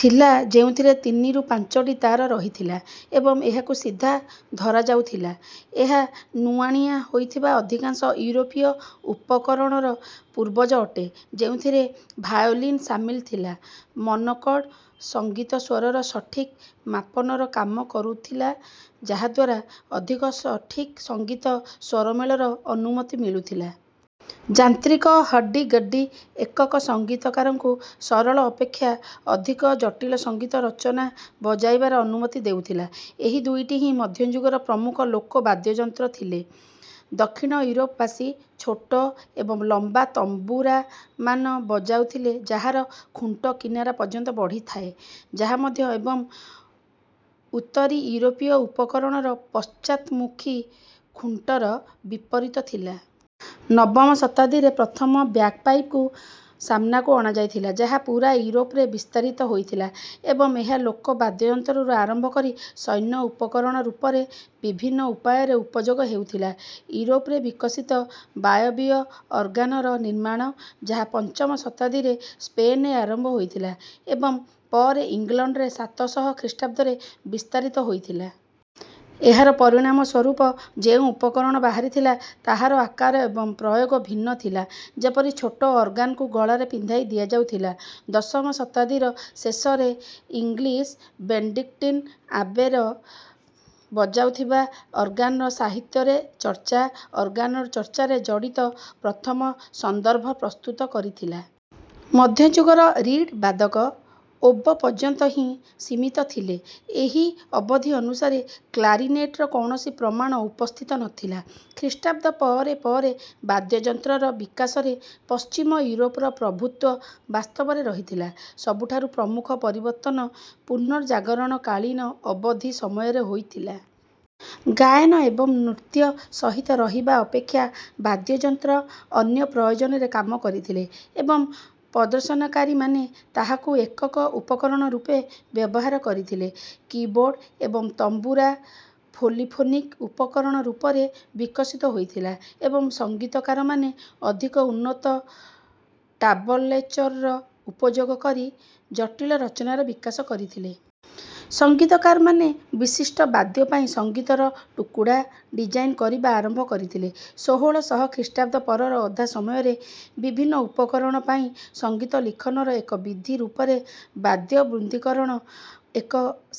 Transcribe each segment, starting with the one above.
ଥିଲା ଯେଉଁଥିରେ ତିନିରୁ ପାଞ୍ଚଟି ତାର ରହିଥିଲା ଏବଂ ଏହାକୁ ସିଧା ଧରାଯାଉଥିଲା। ଏହା ନୁଆଁଣିଆ ହୋଇଥିବା ଅଧିକାଂଶ ୟୁରୋପୀୟ ଉପକରଣର ପୂର୍ବଜ ଅଟେ, ଯେଉଁଥିରେ ଭାୟୋଲିନ୍ ସାମିଲ ଥିଲା। ମନୋକର୍ଡ, ସଙ୍ଗୀତ ସ୍ୱରର ସଠିକ ମାପନର କାମ କରୁଥିଲା ଯାହାଦ୍ୱାରା ଅଧିକ ସଠିକ ସଙ୍ଗୀତ ସ୍ୱରମେଳର ଅନୁମତି ମିଳୁଥିଲା। ଯାନ୍ତ୍ରିକ ହର୍ଡି-ଗର୍ଡି, ଏକକ ସଙ୍ଗୀତକାରଙ୍କୁ ସରଳ ଅପେକ୍ଷା ଅଧିକ ଜଟିଳ ସଙ୍ଗୀତ ରଚନା ବଜାଇବାର ଅନୁମତି ଦେଉଥିଲା, ଏହି ଦୁଇଟି ହିଁ ମଧ୍ୟଯୁଗର ପ୍ରମୁଖ ଲୋକ ବାଦ୍ୟଯନ୍ତ୍ର ଥିଲେ। ଦକ୍ଷିଣ ୟୁରୋପ ବାସୀ, ଛୋଟ ଏବଂ ଲମ୍ବା ତମ୍ବୁରାମାନ ବଜାଉଥିଲେ ଯାହାର ଖୁଣ୍ଟ କିନାରା ପର୍ଯ୍ୟନ୍ତ ବଢ଼ିଥାଏ, ଯାହା ମଧ୍ୟ ଏବଂ ଉତ୍ତରୀ ୟୁରୋପୀୟ ଉପକରଣର ପଶ୍ଚାତ୍‌ମୁଖୀ ଖୁଣ୍ଟର ବିପରୀତ ଥିଲା। ନବମ ଶତାବ୍ଦୀରେ ପ୍ରଥମ ବ୍ୟାଗପାଇପ୍‌କୁ ସାମ୍ନାକୁ ଅଣାଯାଇଥିଲା ଯାହା ପୁରା ୟୁରୋପରେ ବିସ୍ତାରିତ ହୋଇଥିଲା ଏବଂ ଏହା ଲୋକ ବାଦ୍ୟଯନ୍ତ୍ରରୁ ଆରମ୍ଭ କରି ସୈନ୍ୟ ଉପକରଣ ରୂପରେ ବିଭିନ୍ନ ଉପାୟରେ ଉପଯୋଗ ହେଉଥିଲା। ୟୁରୋପରେ ବିକଶିତ ବାୟବୀୟ ଅର୍ଗାନର ନିର୍ମାଣ, ଯାହା ପଞ୍ଚମ ଶତାବ୍ଦୀରେ ସ୍ପେନ୍‌ରେ ଆରମ୍ଭ ହୋଇଥିଲା ଏବଂ ପରେ ଇଂଲଣ୍ଡରେ ସାତ ଶହ ଖ୍ରୀଷ୍ଟାବ୍ଦରେ ବିସ୍ତାରିତ ହୋଇଥିଲା। ଏହାର ପରିଣାମ ସ୍ୱରୂପ ଯେଉଁ ଉପକରଣ ବାହାରିଥିଲା ତାହାର ଆକାର ଏବଂ ପ୍ରୟୋଗ ଭିନ୍ନ ଥିଲା, ଯେପରି ଛୋଟ ଅର୍ଗାନକୁ ଗଳାରେ ପିନ୍ଧାଇ ଦିଆଯାଉଥିଲା। ଦଶମ ଶତାବ୍ଦୀର ଶେଷରେ ଇଂଲିଶ ବେନେଡିକ୍ଟିନ୍ ଆବେର ବଜାଯାଉଥିବା ଅର୍ଗାନର ସାହିତ୍ୟରେ ଚର୍ଚ୍ଚା, ଅର୍ଗାନର ଚର୍ଚ୍ଚାରେ ଜଡ଼ିତ ପ୍ରଥମ ସନ୍ଦର୍ଭ ପ୍ରସ୍ତୁତ କରିଥିଲା। ମଧ୍ୟଯୁଗର ରୀଡ୍ ବାଦକ, ଓବୋ ପର୍ଯ୍ୟନ୍ତ ହିଁ ସୀମିତ ଥିଲେ, ଏହି ଅବଧି ଅନୁସାରେ କ୍ଲାରିନେଟ୍‌ର କୌଣସି ପ୍ରମାଣ ଉପସ୍ଥିତ ନଥିଲା। ଖ୍ରୀଷ୍ଟାବ୍ଦ ପରେ ପରେ ବାଦ୍ୟଯନ୍ତ୍ରର ବିକାଶରେ ପଶ୍ଚିମ ୟୁରୋପର ପ୍ରଭୁତ୍ୱ ବାସ୍ତବରେ ରହିଥିଲା। ସବୁଠାରୁ ପ୍ରମୁଖ ପରିବର୍ତ୍ତନ ପୁନର୍ଜାଗରଣ କାଳୀନ ଅବଧି ସମୟରେ ହୋଇଥିଲା। ଗାୟନ ଏବଂ ନୃତ୍ୟ ସହିତ ରହିବା ଅପେକ୍ଷା ବାଦ୍ୟଯନ୍ତ୍ର ଅନ୍ୟ ପ୍ରୟୋଜନରେ କାମ କରିଥିଲେ ଏବଂ ପ୍ରଦର୍ଶନକାରୀମାନେ ତାହାକୁ ଏକକ ଉପକରଣ ରୂପେ ବ୍ୟବହାର କରିଥିଲେ। କିବୋର୍ଡ ଏବଂ ତମ୍ବୁରା, ପୋଲିଫୋନିକ୍ ଉପକରଣ ରୂପରେ ବିକଶିତ ହୋଇଥିଲା ଏବଂ ସଙ୍ଗୀତକାରମାନେ ଅଧିକ ଉନ୍ନତ ଟାବଲେଚରର ଉପଯୋଗ କରି ଜଟିଳ ରଚନାର ବିକାଶ କରିଥିଲେ। ସଙ୍ଗୀତକାରମାନେ, ବିଶିଷ୍ଟ ବାଦ୍ୟ ପାଇଁ ସଙ୍ଗୀତର ଟୁକୁଡ଼ା ଡିଜାଇନ କରିବା ଆରମ୍ଭ କରିଥିଲେ। ଷୋହଳ ଶହ ଖ୍ରୀଷ୍ଟାବ୍ଦ ପରର ଅଧା ସମୟରେ, ବିଭିନ୍ନ ଉପକରଣ ପାଇଁ ସଙ୍ଗୀତ ଲିଖନର ଏକ ବିଧି ରୂପରେ ବାଦ୍ୟବୃନ୍ଦୀକରଣ ଏକ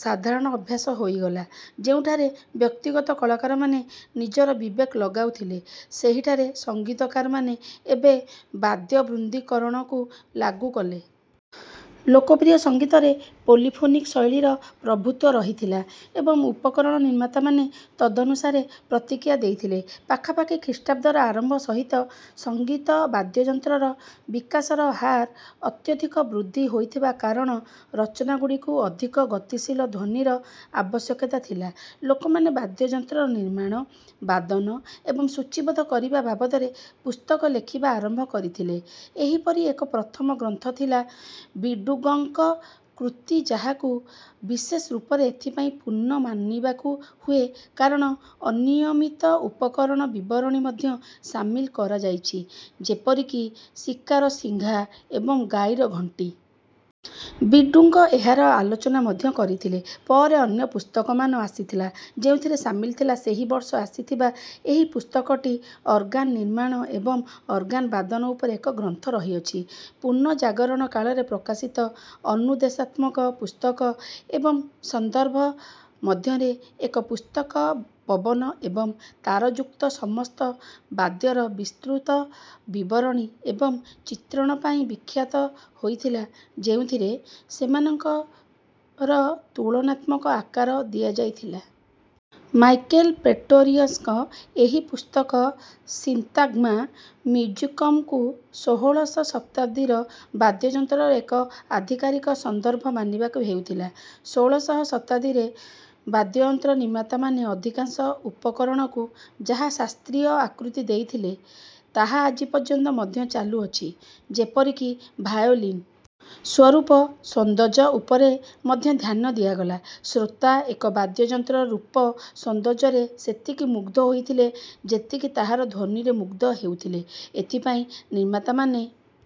ସାଧାରଣ ଅଭ୍ୟାସ ହୋଇଗଲା, ଯେଉଁଠାରେ ବ୍ୟକ୍ତିଗତ କଳାକାରମାନେ ନିଜର ବିବେକ ଲଗାଉଥିଲେ, ସେହିଠାରେ ସଙ୍ଗୀତକାରମାନେ ଏବେ ବାଦ୍ୟବୃନ୍ଦୀକରଣକୁ ଲାଗୁ କଲେ। ଲୋକପ୍ରିୟ ସଙ୍ଗୀତରେ ପୋଲିଫୋନିକ୍ ଶୈଳୀର ପ୍ରଭୁତ୍ୱ ରହିଥିଲା ଏବଂ ଉପକରଣ ନିର୍ମାତାମାନେ ତଦନୁସାରେ ପ୍ରତିକ୍ରିୟା ଦେଇଥିଲେ। ପାଖାପାଖି ଖ୍ରୀଷ୍ଟାବ୍ଦର ଆରମ୍ଭ ସହିତ, ସଙ୍ଗୀତ ବାଦ୍ୟଯନ୍ତ୍ରର ବିକାଶର ହାର ଅତ୍ୟଧିକ ବୃଦ୍ଧି ହୋଇଥିବା କାରଣ ରଚନାଗୁଡ଼ିକୁ ଅଧିକ ଗତିଶୀଳ ଧ୍ୱନିର ଆବଶ୍ୟକତା ଥିଲା। ଲୋକମାନେ ବାଦ୍ୟଯନ୍ତ୍ରର ନିର୍ମାଣ, ବାଦନ ଏବଂ ସୂଚୀବଦ୍ଧ କରିବା ବାବଦରେ ପୁସ୍ତକ ଲେଖିବା ଆରମ୍ଭ କରିଥିଲେ, ଏହିପରି ଏକ ପ୍ରଥମ ଗ୍ରନ୍ଥ ଥିଲା ବିର୍ଡୁଙ୍ଗଙ୍କ କୃତି ଯାହାକୁ ବିଶେଷ ରୂପରେ ଏଥିପାଇଁ ପୂର୍ଣ୍ଣ ମାନିବାକୁ ହୁଏ କାରଣ ଅନିୟମିତ ଉପକରଣର ବିବରଣୀ ମଧ୍ୟ ସାମିଲ କରାଯାଇଛି, ଯେପରି କି ଶିକାର ଶିଙ୍ଘା ଏବଂ ଗାଈର ଘଣ୍ଟି। ବିର୍ଡୁଙ୍ଗ ଏହାର ଆଲୋଚନା ମଧ୍ୟ କରିଥିଲେ, ପରେ ଅନ୍ୟ ପୁସ୍ତକମାନ ଆସିଥିଲା ଯେଉଁଥିରେ ସାମିଲ ଥିଲା ସେହି ବର୍ଷ ଆସିଥିବା ଏହି ପୁସ୍ତକଟି ଅର୍ଗାନ ନିର୍ମାଣ ଏବଂ ଅର୍ଗାନ ବାଦନ ଉପରେ ଏକ ଗ୍ରନ୍ଥ ରହିଅଛି। ପୁନର୍ଜାଗରଣ କାଳରେ ପ୍ରକାଶିତ, ଅନୁଦେଶାତ୍ମକ ପୁସ୍ତକ ଏବଂ ସନ୍ଦର୍ଭ ମଧ୍ୟରେ ଏକ ପୁସ୍ତକ ପବନ ଏବଂ ତାରଯୁକ୍ତ ସମସ୍ତ ବାଦ୍ୟର ବିସ୍ତୃତ ବିବରଣୀ ଏବଂ ଚିତ୍ରଣ ପାଇଁ ବିଖ୍ୟାତ ହୋଇଥିଲା ଯେଉଁଥିରେ ସେମାନଙ୍କର ତୁଳନାତ୍ମକ ଆକାର ଦିଆଯାଇଥିଲା। ମାଇକେଲ ପ୍ରେଟୋରିଅସଙ୍କ ଏହି ପୁସ୍ତକ ସିନ୍ତାଗ୍ମା ମ୍ୟୁଜିକମ୍‌କୁ ଷୋହଳଶ ଶତାବ୍ଦୀର ବାଦ୍ୟଯନ୍ତ୍ରର ଏକ ଆଧିକାରିକ ସନ୍ଦର୍ଭ ମାନିବାକୁ ହେଉଥିଲା। ଷୋହଳଶ ଶତାବ୍ଦୀରେ, ବାଦ୍ୟଯନ୍ତ୍ର ନିର୍ମାତାମାନେ ଅଧିକାଂଶ ଉପକରଣକୁ ଯାହା ଶାସ୍ତ୍ରୀୟ ଆକୃତି ଦେଇଥିଲେ, ତାହା ଆଜି ପର୍ଯ୍ୟନ୍ତ ମଧ୍ୟ ଚାଲୁ ଅଛି, ଯେପରି କି ଭାୟୋଲିନ୍। ସ୍ୱରୂପ ସୌନ୍ଦର୍ଯ୍ୟ ଉପରେ ମଧ୍ୟ ଧ୍ୟାନ ଦିଆଗଲା, ଶ୍ରୋତା ଏକ ବାଦ୍ୟଯନ୍ତ୍ରର ରୂପ ସୌନ୍ଦର୍ଯ୍ୟରେ ସେତିକି ମୁଗ୍ଧ ହୋଇଥିଲେ ଯେତିକି ତାହାର ଧ୍ୱନିରେ ମୁଗ୍ଧ ହେଉଥିଲେ। ଏଥିପାଇଁ ନିର୍ମାତାମାନେ